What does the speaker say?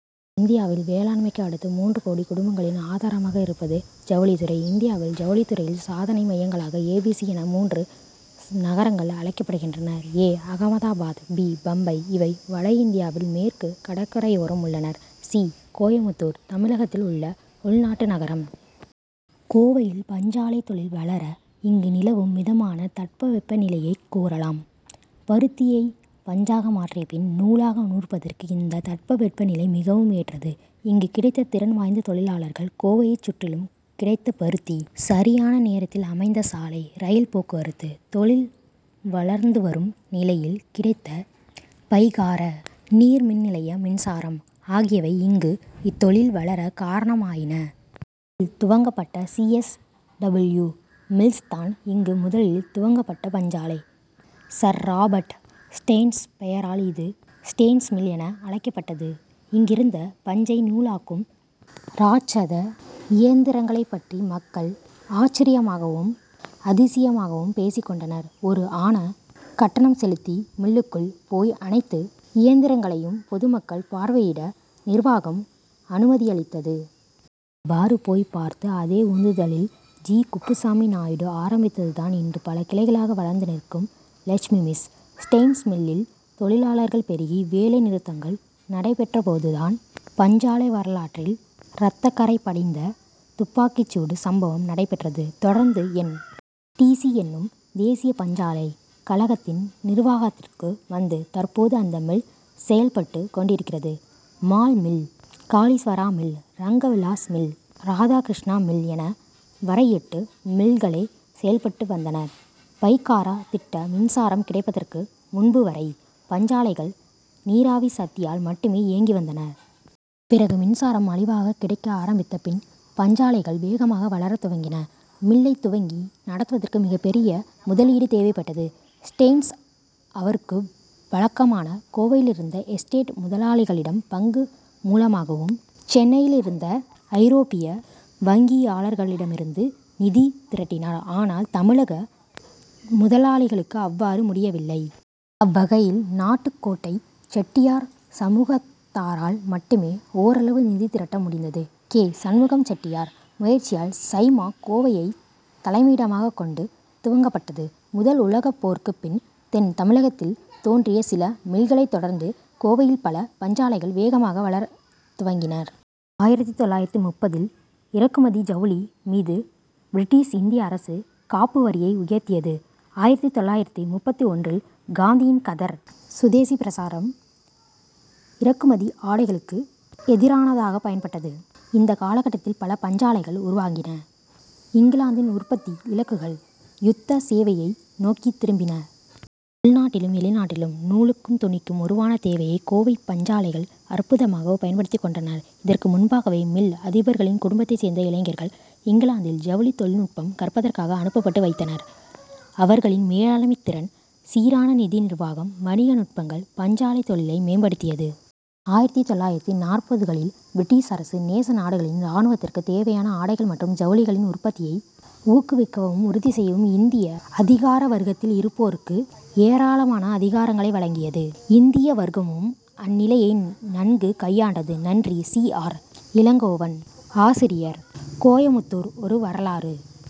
இந்தியாவில், வேளாண் மைக்கு அடுத்து, மூன்று கோடி குடும்பங்களின் ஆதாரமாக இருப்பது ஜவுளித்துறை. இந்தியாவில், ஜவுளித்துறையின் சாதனை மையங்களாக ஏ, பி, சி என மூன்று நகரங்கள் அழைக்கப்படுகின்றன. ஏ- அகமதாபாத், பி- பம்பாய் இவை வடஇந்தியாவில் மேற்கு கடற்கரையோரம் உள்ளன. சி- கோயமுத்தூர் தமிழகத்தில் உள்ள உள்நாட்டு நகரம். கோவையில் பஞ்சாலைத் தொழில் வளர, இங்கு நிலவும் மிதமான தட்பவெப்பநிலையைக் கூறலாம். பருத்தியை பஞ்சாக மாற்றியபின், நூலாக நூற்பதற்கு இந்த தட்பவெப்பநிலை மிகவும் ஏற்றது. இங்கு கிடைத்த திறன் வாய்ந்த தொழிலாளர்கள், கோவையைச் சுற்றிலும் கிடைத்த பருத்தி, சரியான நேரத்தில் அமைந்த சாலை, ரயில் போக்குவரத்து, தொழில் வளர்ந்துவரும் நிலையில் கிடைத்த பைகாரா நீர்மின்நிலைய மின்சாரம் ஆகியவை இங்கு இத்தொழில் வளர காரணமாயின. ல் துவங்கப்பட்ட சி. எஸ். டபிள்யூ மில்ஸ் தான் இங்கு முதலில் துவங்கப்பட்ட பஞ்சாலை. சர். ராபர்ட் ஸ்டேன்ஸ் பெயரால் இது ஸ்டேன்ஸ் மில் என அழைக்கப்பட்டது. இங்கிருந்த, பஞ்சை நூலாக்கும் ராட்சத இயந்திரங்களைப் பற்றி மக்கள் ஆச்சரியமாகவும், அதிசயமாகவும் பேசிக் கொண்டனர். ஒரு அணா கட்டணம் செலுத்தி மில்லுக்குள் போய் அனைத்து இயந்திரங்களையும் பொதுமக்கள் பார்வையிட நிர்வாகம் அனுமதியளித்தது. அவ்வாறு போய் பார்த்து, அதே உந்துதலில் ஜி. குப்புசாமி நாயுடு ஆரம்பித்ததுதான் இன்று பல கிளைகளாக வளர்ந்து நிற்கும் லட்சுமி மில்ஸ். ஸ்டேன்ஸ் மில்லில் தொழிலாளர்கள் பெருகி, வேலை நிறுத்தங்கள் நடைபெற்றபோது தான், பஞ்சாலை வரலாற்றில் ரத்தக்கறை படிந்த துப்பாக்கிச்சூடு சம்பவம் நடைபெற்றது. தொடர்ந்து, என். டி. சி எனும் தேசிய பஞ்சாலை கழகத்தின் நிர்வாகத்துக்கு வந்து, தற்போது அந்த மில் செயல் பட்டுக் கொண்டிருக்கிறது. மால் mill, Kaleeswara mill, Ranga Vilas mill, Radhakrishna mill என வரை எட்டு மில்களே செயல்பட்டு வந்தன. பைகாரா திட்ட மின்சாரம் கிடைப்பதற்கு முன்புவரை பஞ்சாலைகள் நீராவி சக்தியால் மட்டுமே இயங்கி வந்தன. பிறகு மின்சாரம் மலிவாக கிடைக்க ஆரம்பித்த பின் பஞ்சாலைகள் வேகமாக வளரத் துவங்கின. மில்லைத் துவங்கி நடத்துவதற்கு மிகப்பெரிய முதலீடு தேவைப்பட்டது. ஸ்டேன்ஸ், அவருக்குப் பழக்கமான கோவையிலிருந்த எஸ்டேட் முதலாளிகளிடம் பங்கு மூலமாகவும், சென்னையிலிருந்த ஐரோப்பிய வங்கியாளர்களிடமிருந்தும் நிதி திரட்டினார். ஆனால், தமிழக முதலாளிகளுக்கு அவ்வாறு முடியவில்லை. அவ்வகையில், நாட்டுக் கோட்டை செட்டியார் சமூகத்தாரால் மட்டுமே ஓரளவு நிதி திரட்ட முடிந்தது. கே. சண்முகம் செட்டியார் முயற்சியால் சைமா' கோவையைத் தலைமையிடமாகக் கொண்டு துவங்கப்பட்டது. முதல் உலகப் போருக்குப் பின், தென் தமிழகத்தில் தோன்றிய சில மில்களைத் தொடர்ந்து, கோவையில் பல பஞ்சாலைகள் வேகமாக வரத் துவங்கின. ஆயிரத்து தொள்ளாயிரத்து முப்பதில் இறக்குமதி ஜவுளி மீது பிரிட்டிஷ் இந்திய அரசு காப்பு வரியை உயர்த்தியது. ஆயிரத்து தொள்ளாயிரத்து முப்பத்து ஒன்றில் காந்தியின் கதர், சுதேசி பிரசாரம் இறக்குமதி ஆடைகளுக்கு எதிரானதாகப் பயன்பட்டது. இந்த காலகட்டத்தில் பல பஞ்சாலைகள் உருவாகின. இங்கிலாந்தின் உற்பத்தி இலக்குகள் யுத்த சேவையை நோக்கித் திரும்பின. உள்நாட்டிலும் வெளிநாட்டிலும் நூலுக்கும், துணிக்கும் உருவான தேவையை கோவை பஞ்சாலைகள் அற்புதமாக பயன்படுத்திக் கொண்டன. இதற்கு முன்பாகவே, மில் அதிபர்களின் குடும்பத்தைச் சேர்ந்த இளைஞர்கள் இங்கிலாந்தில் ஜவுளித் தொழில்நுட்பம் கற்பதற்காக அனுப்பப்பட்டு வந்தனர். அவர்களின் மேலாண்மைத் திறன், சீரான நிதி நிர்வாகம், வணிக நுட்பங்கள் பஞ்சாலைத் தொழிலை மேம்படுத்தியது. ஆயிரத்து தொள்ளாயிரத்து நாற்பதுகளில், பிரிட்டிஷ் அரசு, நேச நாடுகளின் ராணுவத்துக்கு தேவையான ஆடைகள் மற்றும் ஜவுளிகளின் உற்பத்தியை ஊக்குவிக்கவும் உறுதி செய்யவும் இந்திய அதிகாரவர்க்கத்தில் இருப்போருக்கு ஏராளமான அதிகாரங்களை வழங்கியது. இந்திய வர்க்கமும் அந்நிலையை நன்கு கையாண்டது. நன்றி சி. ஆர். இளங்கோவன், ஆசிரியர், கோயமுத்தூர் ஒரு வரலாறு.